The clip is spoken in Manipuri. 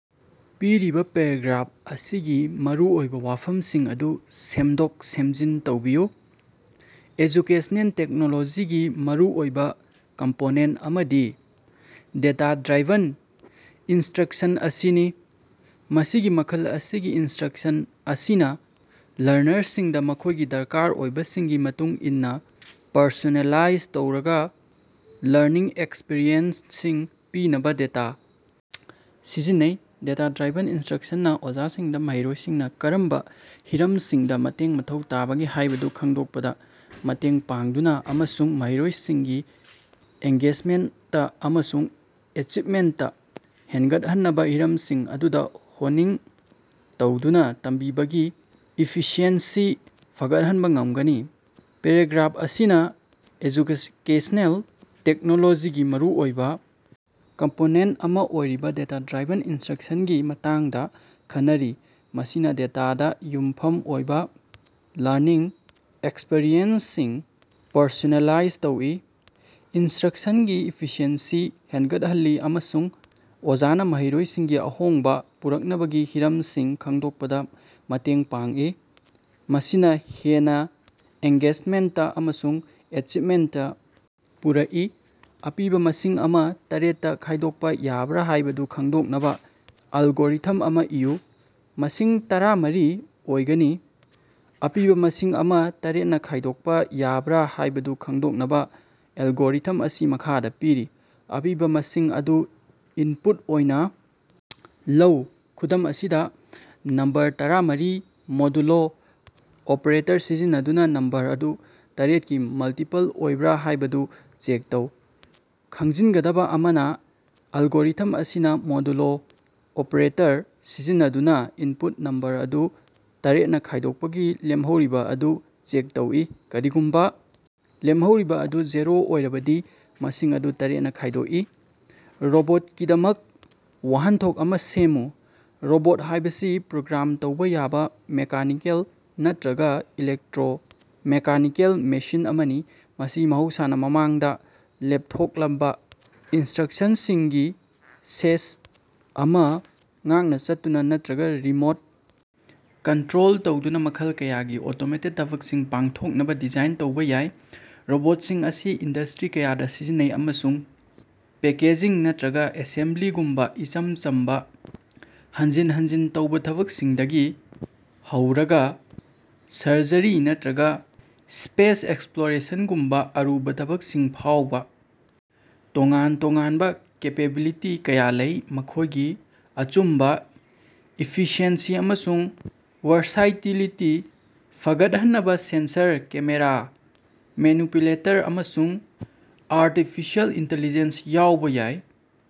ꯄꯤꯔꯤꯕ ꯄꯦꯔꯥꯒ꯭ꯔꯥꯐ ꯑꯁꯤꯒꯤ ꯃꯔꯨꯑꯣꯏꯕ ꯋꯥꯐꯝꯁꯤꯡ ꯑꯗꯨ ꯁꯦꯝꯗꯣꯛ-ꯁꯦꯝꯖꯤꯟ ꯇꯧꯕꯤꯌꯨ꯫ ꯑꯦꯖꯨꯀꯦꯁꯅꯦꯜ ꯇꯦꯛꯅꯣꯂꯣꯖꯤꯒꯤ ꯃꯔꯨꯑꯣꯏꯕ ꯀꯝꯄꯣꯅꯦꯟꯇ ꯑꯃꯗꯤ ꯗꯦꯇꯥ-ꯗ꯭ꯔꯥꯏꯚꯟ ꯏꯟꯁꯇ꯭ꯔꯛꯁꯟ ꯑꯁꯤꯅꯤ꯫ ꯃꯁꯤꯒꯤ ꯃꯈꯜ ꯑꯁꯤꯒꯤ ꯏꯅꯁꯇ꯭ꯔꯛꯁꯟ ꯑꯁꯤꯅ ꯂꯔꯅꯔꯁꯤꯡꯗ ꯃꯈꯣꯏꯒꯤ ꯗꯔꯀꯥꯔ ꯑꯣꯏꯕꯁꯤꯡꯒꯤ ꯃꯇꯨꯡ ꯏꯟꯅ ꯄꯔꯁꯣꯅꯦꯂꯥꯏꯖ ꯇꯧꯔꯕ ꯂꯔꯅꯤꯡ ꯑꯦꯛꯁꯄꯤꯔꯤꯑꯦꯟꯁꯁꯤꯡ ꯄꯤꯅꯕ ꯗꯦꯇꯥ ꯁꯤꯖꯤꯟꯅꯩ꯫ ꯗꯦꯇꯥ-ꯗ꯭ꯔꯥꯏꯚꯟ ꯏꯟꯁꯇ꯭ꯔꯛꯁꯟꯅ ꯑꯣꯖꯥꯁꯤꯡꯗ ꯃꯍꯩꯔꯣꯏꯁꯤꯡꯅ ꯀꯔꯝꯕ ꯍꯤꯔꯝꯁꯤꯡꯗ ꯃꯇꯦꯡ ꯃꯊꯧ ꯇꯥꯕꯒꯦ ꯍꯥꯏꯕꯗꯨ ꯈꯪꯗꯣꯛꯄꯗ ꯃꯇꯦꯡ ꯄꯥꯡꯗꯨꯅ ꯑꯃꯁꯨꯡ ꯃꯍꯩꯔꯣꯏꯁꯤꯡꯒꯤ ꯑꯦꯡꯒꯦꯖꯃꯦꯟꯇ ꯑꯃꯁꯨꯡ ꯑꯦꯆꯤꯕꯃꯦꯟꯇ ꯍꯦꯟꯒꯠꯍꯟꯅꯕ ꯍꯤꯔꯝꯁꯤꯡ ꯑꯗꯨꯗ ꯍꯣꯅꯤꯡ ꯇꯧꯗꯨꯅ ꯇꯝꯕꯤꯕꯒꯤ ꯏꯐꯤꯁꯤꯑꯦꯟꯁꯤ ꯐꯒꯠꯍꯟꯕ ꯉꯝꯒꯅꯤ꯫ ꯄꯦꯔꯥꯒ꯭ꯔꯥꯐ ꯑꯁꯤꯅ ꯑꯦꯖꯨꯀꯦꯁ꯭ꯅꯦꯜ ꯇꯦꯛꯅꯣꯂꯣꯖꯤꯒꯤ ꯃꯔꯨꯑꯣꯏꯕ ꯀꯝꯄꯣꯅꯦꯟꯇ ꯑꯃ ꯑꯣꯏꯔꯤꯕ ꯗꯦꯇꯥ-ꯗ꯭ꯔꯥꯏꯚꯟ ꯏꯟꯁꯇ꯭ꯔꯛꯁꯟ ꯒꯤ ꯃꯇꯥꯡꯗ ꯈꯟꯅꯔꯤ, ꯃꯁꯤꯅ ꯗꯦꯇꯥꯗ ꯌꯨꯝꯐꯝ ꯑꯣꯏꯕ ꯂꯔꯅꯤꯡ ꯑꯦꯛꯁꯄꯤꯔꯤꯑꯦꯟꯁꯁꯤꯡ ꯄꯔꯁꯣꯅꯦꯂꯥꯏꯖ ꯇꯧꯏ, ꯏꯟꯁꯇ꯭ꯔꯛꯁꯟꯒꯤ ꯏꯐꯤꯁꯤꯑꯦꯟꯁꯤ ꯍꯦꯟꯒꯠꯍꯜꯂꯤ, ꯑꯃꯁꯨꯡ ꯑꯣꯖꯥꯅ ꯃꯍꯩꯔꯣꯏꯁꯤꯡꯒꯤ ꯑꯍꯣꯡꯕ ꯄꯨꯔꯛꯅꯕꯒꯤ ꯍꯤꯔꯝꯁꯤꯡ ꯈꯪꯗꯣꯛꯄꯗ ꯃꯇꯦꯡ ꯄꯥꯡꯏ, ꯃꯁꯤꯅ ꯍꯦꯟꯅ ꯑꯦꯡꯒꯦꯖꯃꯦꯟꯇ ꯑꯃꯁꯨꯡ ꯑꯦꯆꯤꯕꯃꯦꯟꯇ ꯄꯨꯔꯛꯏ꯫ ꯑꯄꯤꯕ ꯃꯁꯤꯡ ꯑꯃ ꯇꯔꯦꯠꯇ‌ꯥ ꯈꯥꯏꯗꯣꯛꯄ ꯌꯥꯕ꯭ꯔꯥ ꯍꯥꯏꯕꯗꯨ ꯈꯪꯗꯣꯛꯅꯕ ꯑꯦꯜꯒꯣꯔꯤꯊꯝ ꯑꯃ ꯏꯌꯨ꯫ ꯃꯁꯤꯡ ꯇꯔꯥꯃꯔꯤ ꯑꯣꯏꯒꯅꯤ, ꯑꯄꯤꯕ ꯃꯁꯤꯡ ꯑꯃ ꯇꯔꯦꯠꯅꯥ ꯈꯥꯏꯗꯣꯛꯄ ꯌꯥꯕ꯭ꯔꯥ ꯍꯥꯏꯕꯗꯨ ꯈꯪꯗꯣꯛꯅꯕ ꯑꯦꯜꯒꯣꯔꯤꯊꯝ ꯑꯁꯤ ꯃꯈꯥꯗ ꯄꯤꯔꯤ - ꯑꯄꯤꯕ ꯃꯁꯤꯡ ꯑꯗꯨ ꯏꯟꯄꯨꯠ ꯑꯣꯏꯅ ꯂꯧ꯫ ꯈꯨꯗꯝ ꯑꯁꯤꯗ, ꯅꯝꯕꯔ ꯇꯔꯥꯃꯔꯤ ꯃꯣꯗꯨꯂꯣ ꯑꯣꯄ꯭ꯔꯦꯇꯔ ꯁꯤꯖꯤꯟꯅꯗꯨꯅ ꯅꯝꯕꯔ ꯑꯗꯨ ꯇꯔꯦꯠꯀꯤ ꯃꯜꯇꯤꯄꯜ ꯑꯣꯏꯕ꯭ꯔꯥ ꯍꯥꯏꯕꯗꯨ ꯆꯦꯛ ꯇꯧ꯫ ꯈꯪꯖꯤꯟꯒꯗꯕ ꯑꯃꯅ, ꯑꯦꯜꯒꯣꯔꯤꯊꯝ ꯑꯁꯤꯅ ꯃꯣꯗꯨꯂꯣ ꯑꯣꯄ꯭ꯔꯦꯇꯔ ꯁꯤꯖꯤꯟꯅꯗꯨꯅ ꯏꯟꯄꯨꯠ ꯅꯝꯕꯔ ꯑꯗꯨ ꯇꯔꯦꯠꯅꯥ ꯈꯥꯏꯗꯣꯛꯄꯒꯤ ꯂꯦꯝꯍꯧꯔꯤꯕ ꯑꯗꯨ ꯆꯦꯛ ꯇꯧꯏ꯫ ꯀꯔꯤꯒꯨꯝꯕ ꯂꯦꯝꯍꯧꯔꯤꯕ ꯑꯗꯨ ꯖꯦꯔꯣ ꯑꯣꯏꯔꯕꯗꯤ, ꯃꯁꯤꯡ ꯑꯗꯨ ꯇꯔꯦꯠꯅꯥ ꯈꯥꯏꯗꯣꯛꯏ꯫ ꯔꯣꯕꯣꯠꯀꯤꯗꯃꯛ ꯋꯥꯍꯟꯊꯣꯛ ꯑꯃ‌ ꯁꯦꯝꯃꯨ꯫ ꯔꯣꯕꯣꯠ ꯍꯥꯏꯕꯁꯤ ꯄ꯭ꯔꯣꯒ꯭ꯔꯥꯝ ꯇꯧꯕ ꯌꯥꯕ ꯃꯦꯀꯥꯅꯤꯀꯦꯜ ꯅꯠꯇꯔꯒ ꯏꯂꯦꯛꯇꯔꯣ-ꯃꯦꯀꯥꯅꯤꯀꯦꯜ ꯃꯦꯁꯤꯟ ꯑꯃꯅꯤ, ꯃꯁꯤ ꯃꯍꯧꯁꯥꯅ ꯃꯃꯥꯡꯗ ꯂꯦꯞꯊꯣꯛꯂꯕ ꯏꯟꯁꯇ꯭ꯔꯛꯁꯁꯤꯡꯒꯤ ꯁꯦꯠ ꯑꯃ ꯉꯥꯛꯅ ꯆꯠꯇꯨꯅ ꯅꯠꯇꯔꯒ ꯔꯤꯃꯣꯠ ꯀꯟꯇꯔꯣꯜ ꯇꯧꯗꯨꯅ ꯃꯈꯜ ꯀꯌꯥꯒꯤ ꯑꯣꯇꯣꯃꯦꯇꯦꯗ ꯊꯕꯛꯁꯤꯡ ꯄꯥꯡꯊꯣꯛꯅꯕ ꯗꯤꯖꯥꯏꯟ ꯇꯧꯕ ꯌꯥꯏ꯫ ꯔꯣꯕꯣꯠꯁꯤꯡ ꯑꯁꯤ ꯏꯟꯗ꯭ꯁꯇꯔꯤ ꯀꯌꯥꯗ ꯁꯤꯖꯤꯟꯅꯩ ꯑꯃꯁꯨꯡ ꯄꯦꯀꯦꯖꯤꯡ ꯅꯠꯇꯔꯒ ꯑꯦꯁꯦꯝꯕ꯭ꯂꯤꯒꯨꯝꯕ ꯏꯆꯝ ꯆꯝꯕ ꯍꯟꯖꯤꯟ ꯍꯟꯖꯤꯟ ꯇꯧꯕ ꯊꯕꯛꯁꯤꯡꯗꯒꯤ ꯍꯧꯔꯒ ꯁꯔꯖꯔꯤ ꯅꯠꯇꯔꯒ ꯁ꯭ꯄꯦꯁ ꯑꯦꯛꯁꯄ꯭ꯂꯣꯔꯦꯁꯟꯒꯨꯝꯕ ꯑꯔꯨꯕ ꯊꯕꯛꯁꯤꯡ ꯐꯥꯎꯕ ꯇꯣꯉꯥꯟ ꯇꯣꯉꯥꯟꯕ ꯀꯦꯄꯦꯕꯤꯂꯤꯇꯤ ꯀꯌꯥ ꯂꯩ꯫ ꯃꯈꯣꯏꯒꯤ ꯑꯆꯨꯝꯕ, ꯏꯐꯤꯁꯤꯑꯦꯟꯁꯤ ꯑꯃꯁꯨꯡ ꯋꯥꯔꯁꯥꯏꯇꯤꯂꯤꯇꯤ ꯐꯒꯠꯍꯟꯅꯕ ꯁꯦꯟꯁꯔ, ꯀꯦꯃꯦꯔꯥ, ꯃꯦꯅꯤꯄꯨꯂꯦꯇꯔ, ꯑꯃꯁꯨꯡ ꯑꯥꯔꯇꯤꯐꯤꯁꯤꯑꯦꯜ ꯏꯟꯇꯤꯂꯤꯖꯦꯟꯁ ꯌꯥꯎꯕ ꯌꯥꯏ꯫